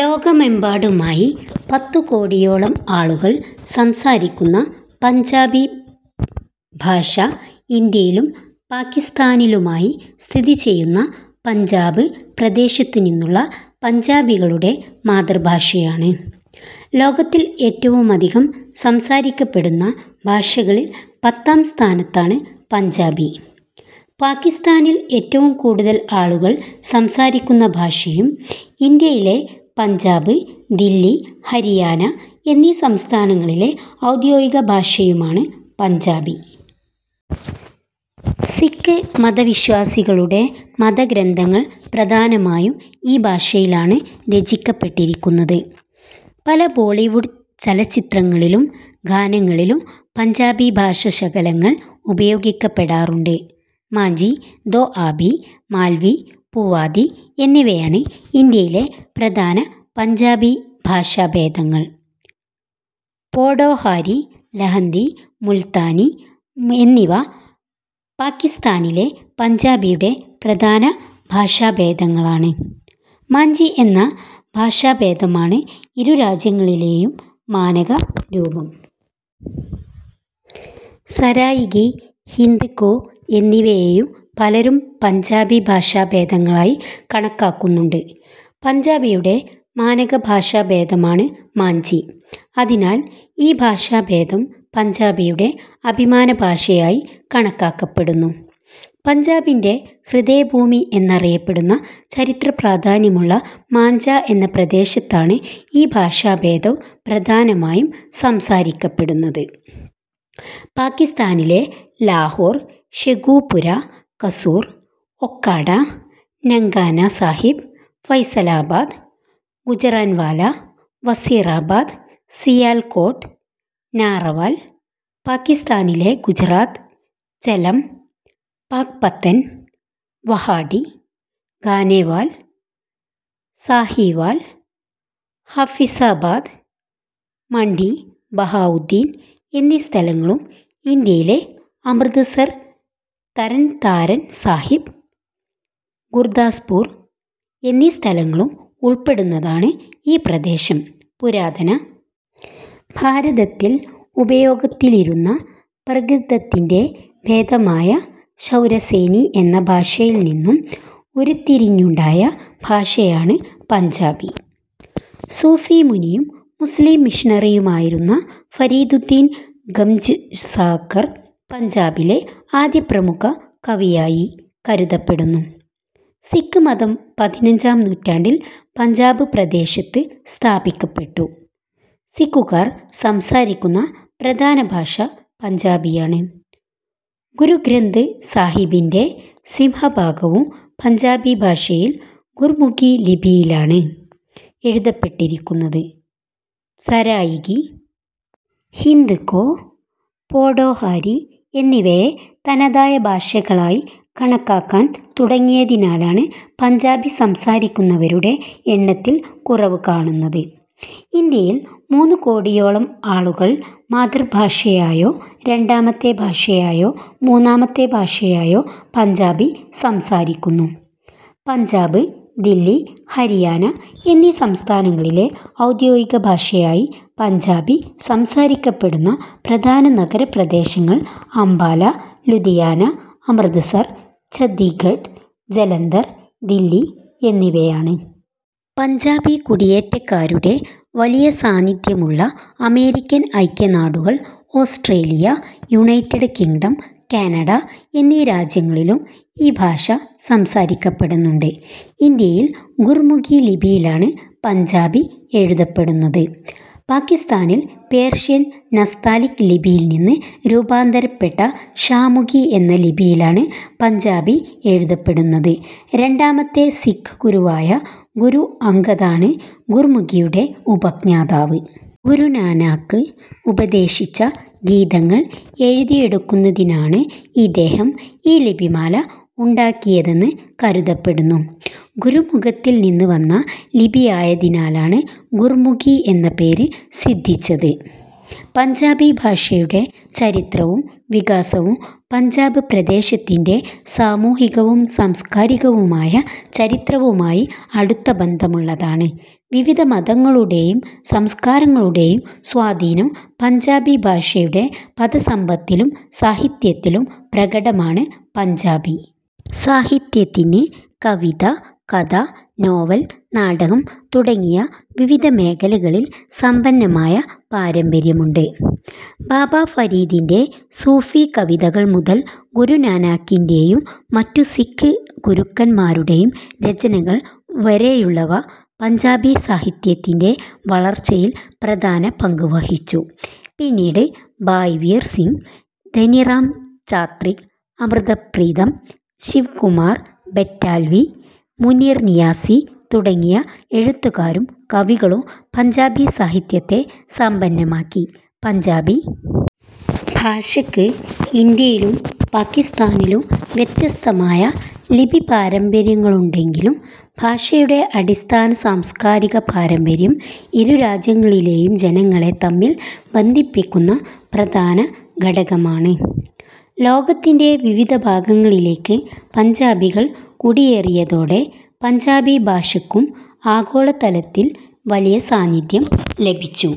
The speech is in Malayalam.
ലോകമെമ്പാടുമായി പത്തുകോടിയോളം ആളുകൾ സംസാരിക്കുന്ന പഞ്ചാബി ഭാഷ ഇന്ത്യയിലും പാകിസ്താനിലുമായി സ്ഥിതിചെയ്യുന്ന പഞ്ചാബ് പ്രദേശത്തുനിന്നുള്ള പഞ്ചാബികളുടെ മാതൃഭാഷയാണ്. ലോകത്തിൽ ഏറ്റവുമധികം സംസാരിക്കപ്പെടുന്ന ഭാഷകളിൽ പത്താം സ്ഥാനത്താണ് പഞ്ചാബി. പാക്കിസ്താനിൽ ഏറ്റവും കൂടുതൽ ആളുകൾ സംസാരിക്കുന്ന ഭാഷയും ഇന്ത്യയിലെ പഞ്ചാബ്, ദില്ലി, ഹരിയാന എന്നീ സംസ്ഥാനങ്ങളിലെ ഔദ്യോഗിക ഭാഷയുമാണ് പഞ്ചാബി. സിഖ് മതവിശ്വാസികളുടെ മതഗ്രന്ഥങ്ങൾ പ്രധാനമായും ഈ ഭാഷയിലാണ് രചിക്കപ്പെട്ടിരിക്കുന്നത്. പല ബോളിവുഡ് ചലച്ചിത്രങ്ങളിലും ഗാനങ്ങളിലും പഞ്ചാബി ഭാഷാശകലങ്ങൾ ഉപയോഗിക്കപ്പെടാറുണ്ട്. മാഝി, ദോആബി, മാൽവി, പുവാധി എന്നിവയാണ് ഇന്ത്യയിലെ പ്രധാന പഞ്ചാബി ഭാഷാഭേദങ്ങൾ. പോഠോഹാരി, ലഹന്ദി, മുൽത്താനി എന്നിവ പാകിസ്താനിലെ പഞ്ചാബിയുടെ പ്രധാന ഭാഷാഭേദങ്ങളാണ്. മാഝി എന്ന ഭാഷാഭേദമാണ് ഇരു രാജ്യങ്ങളിലെയും മാനക രൂപം. സരായികി, ഹിന്ദ്കോ എന്നിവയെയും പലരും പഞ്ചാബി ഭാഷാഭേദങ്ങളായി കണക്കാക്കുന്നുണ്ട്. പഞ്ചാബിയുടെ മാനക ഭാഷാഭേദമാണ് മാഝി. അതിനാൽ ഈ ഭാഷാഭേദം പഞ്ചാബിയുടെ അഭിമാന ഭാഷയായി കണക്കാക്കപ്പെടുന്നു. പഞ്ചാബിൻറെ ഹൃദയഭൂമി എന്നറിയപ്പെടുന്ന ചരിത്രപ്രാധാന്യമുള്ള മാഝാ എന്ന പ്രദേശത്താണ് ഈ ഭാഷാഭേദം പ്രധാനമായും സംസാരിക്കപ്പെടുന്നത്. പാകിസ്താനിലെ ലാഹോർ, ഷേഖൂപുര, കസൂർ, ഓക്കാഡ, നങ്കാനാ സാഹിബ്, ഫൈസലാബാദ്, ഗുജറാൻവാല, വസീറാബാദ്, സിയാൽകോട്ട്, നാറവാൽ, പാകിസ്താനിലെ ഗുജറാത്ത്, ഝെലം, പാക്പത്തൻ, വഹാഡി, ഖാനേവാൽ, സാഹീവാൽ, ഹാഫിസാബാദ്, മണ്ഡി ബഹാഉദ്ദീൻ എന്നീ സ്ഥലങ്ങളും ഇന്ത്യയിലെ അമൃത്സർ, തരൻതാരൻ സാഹിബ്, ഗുർദാസ്പുർ എന്നീ സ്ഥലങ്ങളും ഉൾപ്പെടുന്നതാണ് ഈ പ്രദേശം. പുരാതന ഭാരതത്തിൽ ഉപയോഗത്തിലിരുന്ന പ്രാകൃതത്തിൻറെ ഭേദമായ ശൗരസേനി എന്ന ഭാഷയിൽനിന്നും ഉരുത്തിരിഞ്ഞുണ്ടായ ഭാഷയാണ് പഞ്ചാബി. സൂഫി മുനിയും മുസ്ലിം മിഷണറിയുമായിരുന്ന ഫരീദുദ്ദീൻ ഗംജ്ശാകർ പഞ്ചാബിയിലെ ആദ്യ പ്രമുഖ കവിയായി കരുതപ്പെടുന്നു. സിഖ് മതം പതിനഞ്ചാം നൂറ്റാണ്ടിൽ പഞ്ചാബ് പ്രദേശത്ത് സ്ഥാപിക്കപ്പെട്ടു. സിഖുകാർ സംസാരിക്കുന്ന പ്രധാന ഭാഷ പഞ്ചാബിയാണ്. ഗുരു ഗ്രന്ഥ് സാഹിബിൻറെ സിംഹഭാഗവും പഞ്ചാബി ഭാഷയിൽ ഗുർമുഖി ലിപിയിലാണ് എഴുതപ്പെട്ടിരിക്കുന്നത്. സരായികി, ഹിന്ദ്കോ, പോഠോഹാരി എന്നിവയെ തനതായ ഭാഷകളായി കണക്കാക്കാൻ തുടങ്ങിയതിനാലാണ് പഞ്ചാബി സംസാരിക്കുന്നവരുടെ എണ്ണത്തിൽ കുറവു കാണുന്നത്. ഇന്ത്യയിൽ മൂന്നുകോടിയോളം ആളുകൾ മാതൃഭാഷയായോ രണ്ടാമത്തെ ഭാഷയായോ മൂന്നാമത്തെ ഭാഷയായോ പഞ്ചാബി സംസാരിക്കുന്നു. പഞ്ചാബ്, ദില്ലി, ഹരിയാന എന്നീ സംസ്ഥാനങ്ങളിലെ ഔദ്യോഗിക ഭാഷയായ പഞ്ചാബി സംസാരിക്കപ്പെടുന്ന പ്രധാന നഗരപ്രദേശങ്ങൾ അംബാല, ലുധിയാന, അമൃത്സർ, ചണ്ഡീഗഢ്, ജലന്തർ, ദില്ലി എന്നിവയാണ്. പഞ്ചാബി കുടിയേറ്റക്കാരുടെ വലിയ സാന്നിധ്യമുള്ള അമേരിക്കൻ ഐക്യനാടുകൾ, ഓസ്ട്രേലിയ, യുണൈറ്റഡ് കിങ്ഡം, കാനഡ എന്നീ രാജ്യങ്ങളിലും ഈ ഭാഷ സംസാരിക്കപ്പെടുന്നുണ്ട്. ഇന്ത്യയിൽ ഗുർമുഖി ലിപിയിലാണ് പഞ്ചാബി എഴുതപ്പെടുന്നത്. പാകിസ്താനിൽ പേർഷ്യൻ നസ്താലിക് ലിപിയിൽനിന്ന് രൂപാന്തരപ്പെട്ട ഷാമുഖി എന്ന ലിപിയിലാണ് പഞ്ചാബി എഴുതപ്പെടുന്നത്. രണ്ടാമത്തെ സിഖ് ഗുരുവായ ഗുരു അംഗദാണ് ഗുർമുഖിയുടെ ഉപജ്ഞാതാവ്. ഗുരു നാനാക്ക് ഉപദേശിച്ച ഗീതങ്ങൾ എഴുതിയെടുക്കുന്നതിനാണ് ഇദ്ദേഹം ഈ ലിപിമാല ഉണ്ടാക്കിയതെന്ന് കരുതപ്പെടുന്നു. ഗുരുമുഖത്തിൽനിന്ന് വന്ന ലിപിയായതിനാലാണ് ഗുർമുഖി എന്ന പേര് സിദ്ധിച്ചത്. പഞ്ചാബി ഭാഷയുടെ ചരിത്രവും വികാസവും പഞ്ചാബ് പ്രദേശത്തിൻറെ സാമൂഹികവും സാംസ്കാരികവുമായ ചരിത്രവുമായി അടുത്ത ബന്ധമുള്ളതാണ്. വിവിധ മതങ്ങളുടെയും സംസ്കാരങ്ങളുടെയും സ്വാധീനം പഞ്ചാബി ഭാഷയുടെ പദസമ്പത്തിലും സാഹിത്യത്തിലും പ്രകടമാണ്. പഞ്ചാബി സാഹിത്യത്തിന് കവിത, കഥ, നോവൽ, നാടകം തുടങ്ങിയ വിവിധ മേഖലകളിൽ സമ്പന്നമായ പാരമ്പര്യമുണ്ട്. ബാബാ ഫരീദിൻറെ സൂഫി കവിതകൾ മുതൽ ഗുരു നാനാക്കിൻറെ യും മറ്റു സിഖ് ഗുരുക്കന്മാരുടെയും രചനകൾ വരെയുള്ളവ പഞ്ചാബി സാഹിത്യത്തിൻറെ വളർച്ചയിൽ പ്രധാന പങ്കുവഹിച്ചു. പിന്നീട് ഭായ് വീർ സിംഗ്, ധനി റാം ചാത്രിക്, അമൃത പ്രീതം, ശിവ് കുമാർ ബറ്റാൽവി, മുനീർ നിയാസി തുടങ്ങിയ എഴുത്തുകാരും കവികളും പഞ്ചാബി സാഹിത്യത്തെ സമ്പന്നമാക്കി. പഞ്ചാബി ഭാഷയ്ക്ക് ഇന്ത്യയിലും പാകിസ്താനിലും വ്യത്യസ്തമായ ലിപിപാരമ്പര്യങ്ങളുണ്ടെങ്കിലും ഭാഷയുടെ അടിസ്ഥാന സാംസ്കാരിക പാരമ്പര്യം ഇരുരാജ്യങ്ങളിലെയും ജനങ്ങളെ തമ്മിൽ ബന്ധിപ്പിക്കുന്ന പ്രധാന ഘടകമാണ്. ലോകത്തിൻറെ വിവിധ ഭാഗങ്ങളിലേക്ക് പഞ്ചാബികൾ കുടിയേറിയതോടെ പഞ്ചാബി ഭാഷയ്ക്കും ആഗോളതലത്തിൽ വലിയ സാന്നിധ്യം ലഭിച്ചു.